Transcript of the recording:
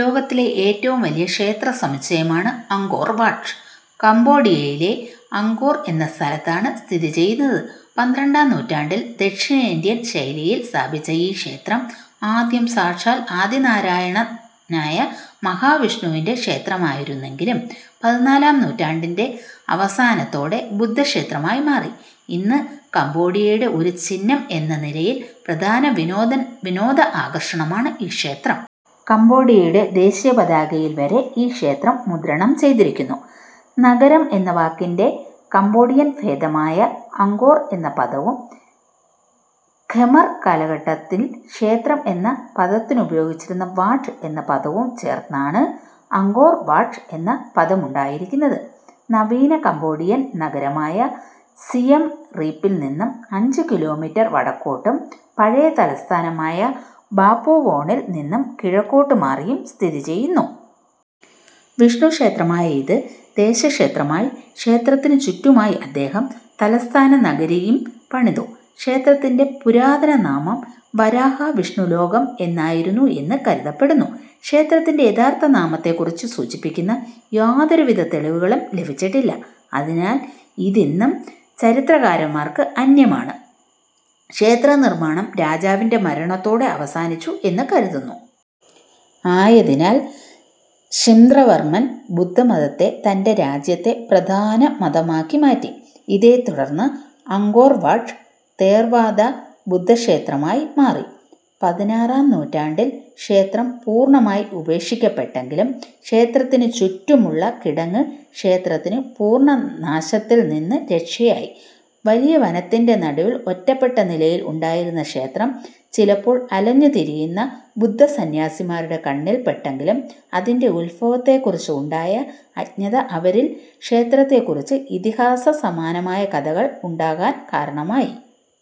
ലോകത്തിലെ ഏറ്റവും വലിയ ക്ഷേത്ര സമുച്ചയമാണ് അങ്കോർ വാട്ട്. കമ്പോഡിയയിലെ അങ്കോർ എന്ന സ്ഥലത്താണിത് സ്ഥിതി ചെയ്യുന്നത്. പന്ത്രണ്ടാം നൂറ്റാണ്ടിൽ ദക്ഷിണേന്ത്യൻ ശൈലിയിൽ സ്ഥാപിച്ച ഈ ക്ഷേത്രം ആദ്യം സാക്ഷാൽ ആദി നാരായണനായ മഹാവിഷ്ണുവിന്റെ ക്ഷേത്രമായിരുന്നെങ്കിലും പതിനാലാം നൂറ്റാണ്ടിന്റെ അവസാനത്തോടെ ബുദ്ധക്ഷേത്രമായി മാറി. ഇന്ന് കമ്പോഡിയയുടെ ഒരു ചിഹ്നം എന്ന നിലയിൽ പ്രധാന വിനോദ ആകർഷണമാണ് ഈ ക്ഷേത്രം. കമ്പോഡിയയുടെ ദേശീയപതാകയിൽ വരെ ഈ ക്ഷേത്രം മുദ്രണം ചെയ്തിരിക്കുന്നു.. നഗരം എന്ന വാക്കിന്റെ കമ്പോഡിയൻ ഭേദമായ അങ്കോർ എന്ന പദവും ഖെമർ കാലഘട്ടത്തിൽ ക്ഷേത്രം എന്ന പദത്തിനുപയോഗിച്ചിരുന്ന വാട്ട് എന്ന പദവും ചേർന്നാണ് അങ്കോർ വാട്ട് എന്ന പദമുണ്ടായിരിക്കുന്നത്. നവീന കമ്പോഡിയൻ നഗരമായ സിയെം റീപ്പിൽ നിന്നും അഞ്ച് കിലോമീറ്റർ വടക്കോട്ടും പഴയ തലസ്ഥനമായ ബാപ്പുവോണിൽ നിന്നും കിഴക്കോട്ടു മാറിയും സ്ഥിതി ചെയ്യുന്നു. വിഷ്ണുക്ഷേത്രമായ ഇത് ദേശക്ഷേത്രമായി. ക്ഷേത്രത്തിനു ചുറ്റുമായി അദ്ദേഹം തലസ്ഥാനനഗരിയും പണിതു. ക്ഷേത്രത്തിന്റെ പുരാതന നാമം വരാഹ വിഷ്ണുലോകം എന്നായിരുന്നു എന്ന് കരുതപ്പെടുന്നു. ക്ഷേത്രത്തിന്റെ യഥാർത്ഥ നാമത്തെക്കുറിച്ച് സൂചിപ്പിക്കുന്ന യാതൊരുവിധ തെളിവുകളും ലഭിച്ചിട്ടില്ല. അതിനാൽ ഇതിന്നും ചരിത്രകാരന്മാർക്ക് അന്യമാണ്. ക്ഷേത്രനിർമ്മാണം രാജാവിന്റെ മരണത്തോടെ അവസാനിച്ചു എന്നു കരുതുന്നു. ആയതിനാൽ ശൃംന്ദ്രവർമ്മൻ ബുദ്ധമതത്തെ തന്റെ രാജ്യത്തെ പ്രധാന മതമാക്കി മാറ്റി. ഇതേത്തുടർന്ന് അങ്കോർ വാട്ട് തേർവാദ ബുദ്ധക്ഷേത്രമായി മാറി. പതിനാറാം നൂറ്റാണ്ടിൽ ക്ഷേത്രം പൂർണ്ണമായി ഉപേക്ഷിക്കപ്പെട്ടെങ്കിലും ക്ഷേത്രത്തിനു ചുറ്റുമുള്ള കിടങ്ങ് ക്ഷേത്രത്തിന് പൂർണ്ണനാശത്തിൽ നിന്നു രക്ഷയായി. വലിയ വനത്തിന്റെ നടുവിൽ ഒറ്റപ്പെട്ട നിലയിൽ ഉണ്ടായിരുന്ന ക്ഷേത്രം ചിലപ്പോൾ അലഞ്ഞുതിരിയുന്ന ബുദ്ധസന്യാസിമാരുടെ കണ്ണിൽ പെട്ടെങ്കിലും അതിന്റെ ഉത്ഭവത്തെക്കുറിച്ച് ഉണ്ടായ അജ്ഞത അവരിൽ ക്ഷേത്രത്തെക്കുറിച്ച് ഇതിഹാസസമാനമായ കഥകൾ ഉണ്ടാകാൻ കാരണമായി.